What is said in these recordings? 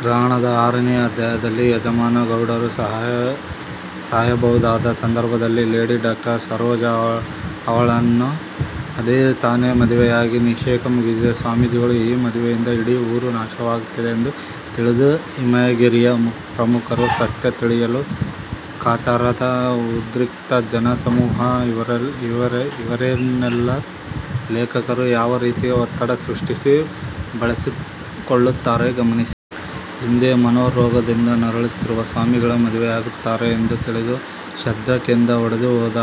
ಗ್ರಹಣದ ಆರನೇ ಅಧ್ಯಾಯದಲ್ಲಿ ಯಜಮಾನ ಗೌಡರು ಸಾಯಬಹುದಾದ ಸಂದರ್ಭದಲ್ಲಿ ಲೇಡಿ ದಾಕ್ಟರ್ ಸರೋಜ, ಅವಳನ್ನು ಅದೇ ತಾನೇ ಮದುವೆಯಾಗಿ ನಿಷೇಕ ಮುಗಿಸಿದ ಸ್ವಾಮಿಗಳು, ಈ ಮದುವೆಯಿಂದ ಇಡೀ ಊರು ನಾಶವಾಗುತ್ತದೆಂದು ತಿಳಿದ ಹಿಮಗಿರಿಯ ಪ್ರಮುಖರು, ಸತ್ಯ ತಿಳಿಯಲು ಕಾತರರಾದ ಉದ್ರಿಕ್ತ ಜನಸಮೂಹ ಇವರೆನ್ನೆಲ್ಲ ಲೇಖಕರು ಯಾವ ರೀತಿಯ ಒತ್ತಡ ಸೃಷ್ಟಿಸಿ ಬಳಸಿಕೊಳ್ಳುತ್ತಾರೆ ಗಮನಿಸಿ. ಹಿಂದೆ ಮನೋರೊಗದಿಂದ ನರಳುತ್ತಿರುವ ಸ್ವಾಮಿಗಳು ಮದುವೆಯಾಗುತ್ತಾರೆಂದು ತಿಳಿದು 'ಶ್ರದ್ಧಾಕೇಂದ್ರ' ಒಡೆದುಹೋದ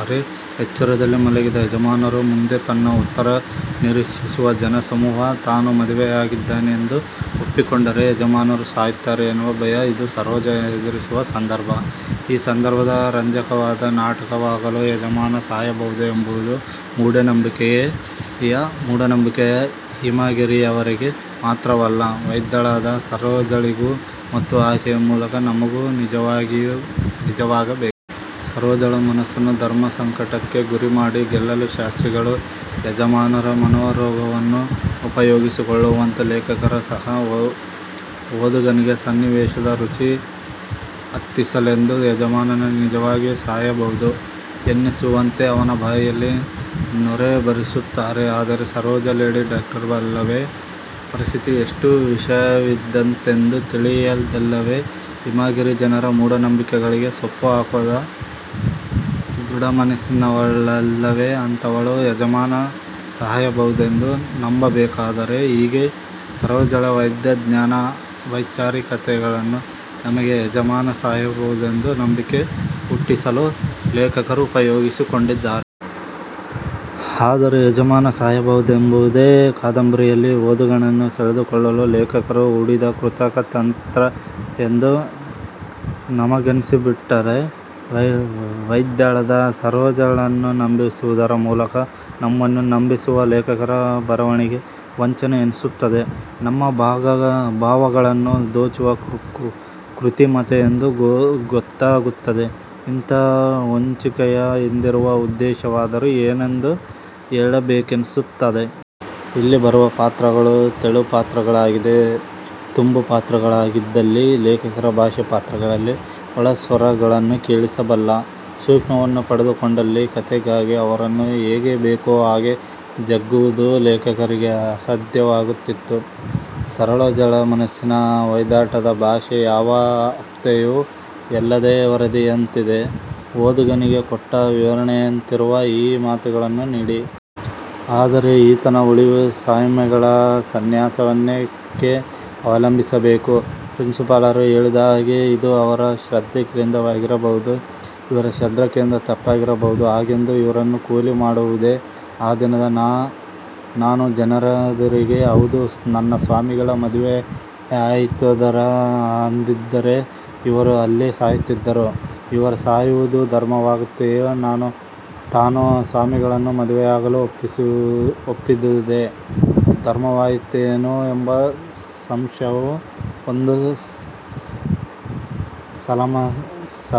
ಅರೆ ಎಚ್ಚರದಲ್ಲಿ ಮಲಗಿದ ಯಜಮಾನರು, ಮುಂದೆ ತನ್ನ ಉತ್ತರ ನಿರೀಕ್ಷಿಸುವ ಜನಸಮೂಹ, ತಾನು ಮದುವೆಯಾಗಿದ್ದೇನೆಂದು ಒಪ್ಪಿಕೊಂಡರೆ ಯಜಮಾನರು ಸಾಯುತ್ತಾರೆ ಎನ್ನುವ ಭಯ ಇದು ಸರೋಜ ಎದುರಿಸುವ ಸಂದರ್ಭ, ಈ ಸಂದರ್ಭ ರಂಜಕವಾದ ನಾಟಕವಾಗಲು ಯಜಮಾನ ಸಾಯಬಹುದು ಎಂಬುದು ಮೂಢನಂಬಿಕೆಯ ಹಿಮಗಿರಿಯವರಿಗೆ ಮಾತ್ರವಲ್ಲ, ವೈದ್ಯಳಾದ ಸರೋಜಳಿಗೂ ಮತ್ತು ಆಕೆಯ ಮೂಲಕ ನಮಗೂ ನಿಜವಾಗಬೇಕು. ಸರೋಜಳ ಮನಸ್ಸನ್ನು ಧರ್ಮಸಂಕಟಕ್ಕೆ ಗುರಿಮಾಡಿ ಗೆಲ್ಲಲು ಶಾಸ್ತ್ರಿಗಳು ಯಜಮಾನರ ಮನೋರೋಗವನ್ನು ಉಪಯೋಗಿಸಿಕೊಳ್ಳುವಂತೆ, ಲೇಖಕರು ಸಹ ಓದುಗನಿಗೆ ಸನ್ನಿವೇಶದ ರುಚಿ ಹತ್ತಿಸಲೆಂದು ಯಜಮಾನ ನಿಜವಾಗಿಯೂ ಸಾಯಬಹುದು ಎನ್ನಿಸುವಂತೆ ಅವನ ಬಾಯಲ್ಲಿ ನೊರೆ ಬರಿಸುತ್ತಾರೆ. ಆದರೆ ಸರೋಜ ಲೇಡಿ ಡಾಕ್ಟರ್ ಅಲ್ಲವೆ? ಪರಿಸ್ಥಿತಿ ಎಷ್ಟು ವಿಷಮವಿದ್ದೀತೆಂದು ತಿಳಿದಳಲ್ಲವೆ? ಹಿಮಗಿರಿ ಜನರ ಮೂಢನಂಬಿಕೆಗಳಿಗೆ ಸೊಪ್ಪುಹಾಕದ ದೃಡಮನಸ್ಸಿನವಳಲ್ಲವೆ ಅಂಥವಳೂ ಯಜಮಾನ ಸಾಯಬಹುದೆಂದು ನಂಬಬೇಕಾದರೆ ಹೀಗೆ ಸರೋಜಳ ವೈದ್ಯಜ್ಞಾನ, ವೈಚಾರಿಕತೆಗಳನ್ನು ನಮಗೆ ಯಜಮಾನ ಸಾಯಬಹುದೆಂದು ನಂಬಿಕೆ ಹುಟ್ಟಿಸಲು ಲೇಖಕರು ಉಪಯೋಗಿಸಿಕೊಂಡಿದ್ದಾರೆ. ಆದರೆ ಯಜಮಾನ ಸಾಯಬಹುದೆಂಬುದೇ ಕಾದಂಬರಿಯಲ್ಲಿ ಓದುಗನನ್ನು ಸೆಳೆದುಕೊಳ್ಳಲು ಲೇಖಕರು ಹೂಡಿದ ಕೃತಕ ತಂತ್ರ ಎಂದು ನಮಗನ್ನಿಸಿಬಿಟ್ತರೆ, ವೈದ್ಯಳಾದ ಸರೋಜಳನ್ನೂ ನಂಬಿಸುವುದರ ಮೂಲಕ ನಮ್ಮನ್ನು ನಂಬಿಸುವ ಲೇಖಕರ ಬರವಣಿಗೆ ವಂಚನೆ ಎನ್ನಿಸುತ್ತದೆ. ನಮ್ಮ ಭಾವಗಳನ್ನು ದೋಚುವ ಕೃತಿಮತೆ ಎಂದು ಗೊತ್ತಾಗುತ್ತದೆ. ಇಂಥ ಹೊಂಚಿಕೆಯ ಹಿಂದಿರುವ ಉದ್ದೇಶವಾದರೂ ಏನೆಂದು ಕೇಳಬೇಕೆನ್ನಿಸುತ್ತದೆ. ಇಲ್ಲಿ ಬರುವ ಪಾತ್ರಗಳು ತೆಳುಪಾತ್ರಗಳಾಗದೆ ತುಂಬುಪಾತ್ರಗಳಾಗಿದ್ದಲ್ಲಿ, ಲೇಖಕರ ಭಾಷೆ ಪಾತ್ರಗಳ ಒಳಸ್ವರಗಳನ್ನು ಕೇಳಿಸಬಲ್ಲ ಸೂಕ್ಷ್ಮವನ್ನು ಪಡೆದುಕೊಂಡಲ್ಲಿ ಕಥೆಗಾಗಿ ಅವರನ್ನು ಹೇಗೆ ಬೇಕೋ ಹಾಗೆ ಜಗ್ಗುವುದು ಲೇಖಕರಿಗೆ ಅಸಾಧ್ಯಾವಾಗುತ್ತಿತ್ತು. ಸರೋಜಳ ಮನಸ್ಸಿನ ಹೊಯ್ದಾಟದ ಭಾಷೆ ಯಾವ ಆಪ್ತತೆಯೂ ಎಲ್ಲದೆ ವರದಿಯಂತಿದೆ. ಓದುಗನಿಗೆ ಕೊಟ್ಟ ವಿವರಣೆಯಂತಿರುವ ಈ ಮಾತುಗಳನ್ನು ನೋಡಿ. ಆದರೆ ಈತನ ಉಳಿವು ಸ್ವಾಮೆಗಳ ಸನ್ಯಾಸವನ್ನೇಕೆ ಅವಲಂಬಿಸಬೇಕು ಪ್ರಿನ್ಸಿಪಾಲರು ಹೇಳಿದ ಹಾಗೆ ಅದು ಇವರ ಶ್ರದ್ದಾಕೇಂದ್ರವಾಗಿರಬಹುದು. ಇವರ ಶ್ರದ್ಧಾಕೇಂದ್ರ ತಪ್ಪಾಗಿರಬಹುದು, ಹಾಗೆಂದು ಇವರನ್ನು ಕೊಲಿ ಮಾಡಬಹುದೆ? ಆ ದಿನ ನಾನು ಜನರೆದುರಿಗೆ, ಹೌದು, ನನ್ನ ಸ್ವಾಮಿಗಳ ಮದುವೆಯಾಯಿತುಧರ ಅಂದಿದ್ದರೆ ಇವರು ಅಲ್ಲೇ ಸಾಯುತ್ತಿದ್ದರು. ಇವರು ಸಾಯುವುದು ಧರ್ಮವಾಗುತ್ತೆಯೇ ತಾನು ಸ್ವಾಮಿಗಳನ್ನು ಮದುವೆಯಾಗಲು ಒಪ್ಪಿದುದೇ ಅಧರ್ಮವಾಯಿತೇನೋ ಎಂಬ ಸಂಶಯವು ಒಂದು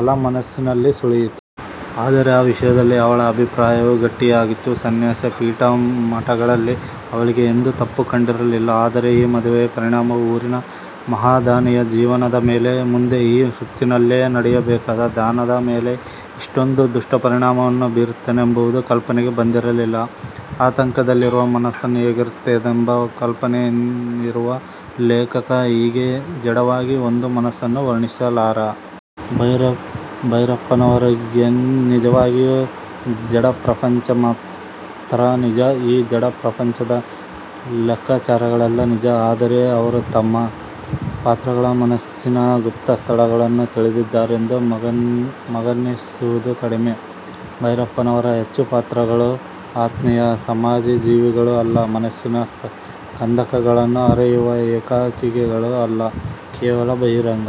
ಸಲಮನಸ್ಸಿನಲ್ಲಿ ಸುಳಿಯಿತು. ಆದರೆ ಆ ವಿಷಯದಲ್ಲಿ ಅವಳ ಅಭಿಪ್ರಾಯವು ಗಟ್ಟಿಯಾಗಿತ್ತು. ಸನ್ಯಾಸ, ಪೀಠ, ಮಠಗಳಲ್ಲಿ ಅವಳಿಗೆ ಎಂದೂ ತಪ್ಪು ಕಂಡಿರಲಿಲ್ಲ. ಆದರೆ ಈ ಮದುವೆಯ ಪರಿಣಾಮವು ಊರಿನ ಮಹಾದಾನಿಯ ಜೀವನದ ಮೇಲೆ, ಮುಂದೆ ಈ ಸುತ್ತಿನಲ್ಲೇ ನಡೆಯಬೇಕಾದ ದಾನದ ಮೇಲೆ ಇಷ್ಟೊಂದು ದುಷ್ಪರಿಣಾಮವನ್ನು ಬೀರುತ್ತದೆಂಬುದು ಕಲ್ಪನೆಗೆ ಬಂದಿರಲಿಲ್ಲ. ಆತಂಕದಲ್ಲಿರುವ ಮನಸ್ಸು ಹೇಗಿರುತ್ತದೆಂಬ ಕಲ್ಪನೆಯಿರುವ ಲೇಖಕ ಹೀಗೆ ಜಡವಾಗಿ ಒಂದು ಮನಸ್ಸನ್ನು ವರ್ಣಿಸಲಾರ. ಭೈರಪ್ಪನವರಿಗೆನ್ ನಿಜವಾಗಿಯೂ ಜಡಪ್ರಪಂಚ ಮಾತ್ರ ನಿಜ, ಈ ಜಡಪ್ರಪಂಚ ದ ಲೆಖ್ಖಾಚಾರಗಳೆಲ್ಲ ನಿಜ ಆದರೆ ಅವರು ತಮ್ಮ ಪಾತ್ರಗಳ ಮನಸ್ಸಿನ ಗುಪ್ತ ಸ್ಥಳಗಳನ್ನು ತಿಳಿದಿದ್ದಾರೆಂದು ನಮಗನ್ನಿಸುವುದು ಕಡಿಮೆ. ಭೈರಪ್ಪನವರ ಹೆಚ್ಚು ಪಾತ್ರಗಳು ಆತ್ಮೀಯ ಸಮಾಜಜೀವಿಗಳೂ ಅಲ್ಲ, ಮನಸ್ಸಿನ ಕಂದಕಗಳನ್ನು ಅರಿಯುವ ಏಕಾಕಿಗಳೂ ಅಲ್ಲ ಕೇವಲ ಬಹಿರಂಗ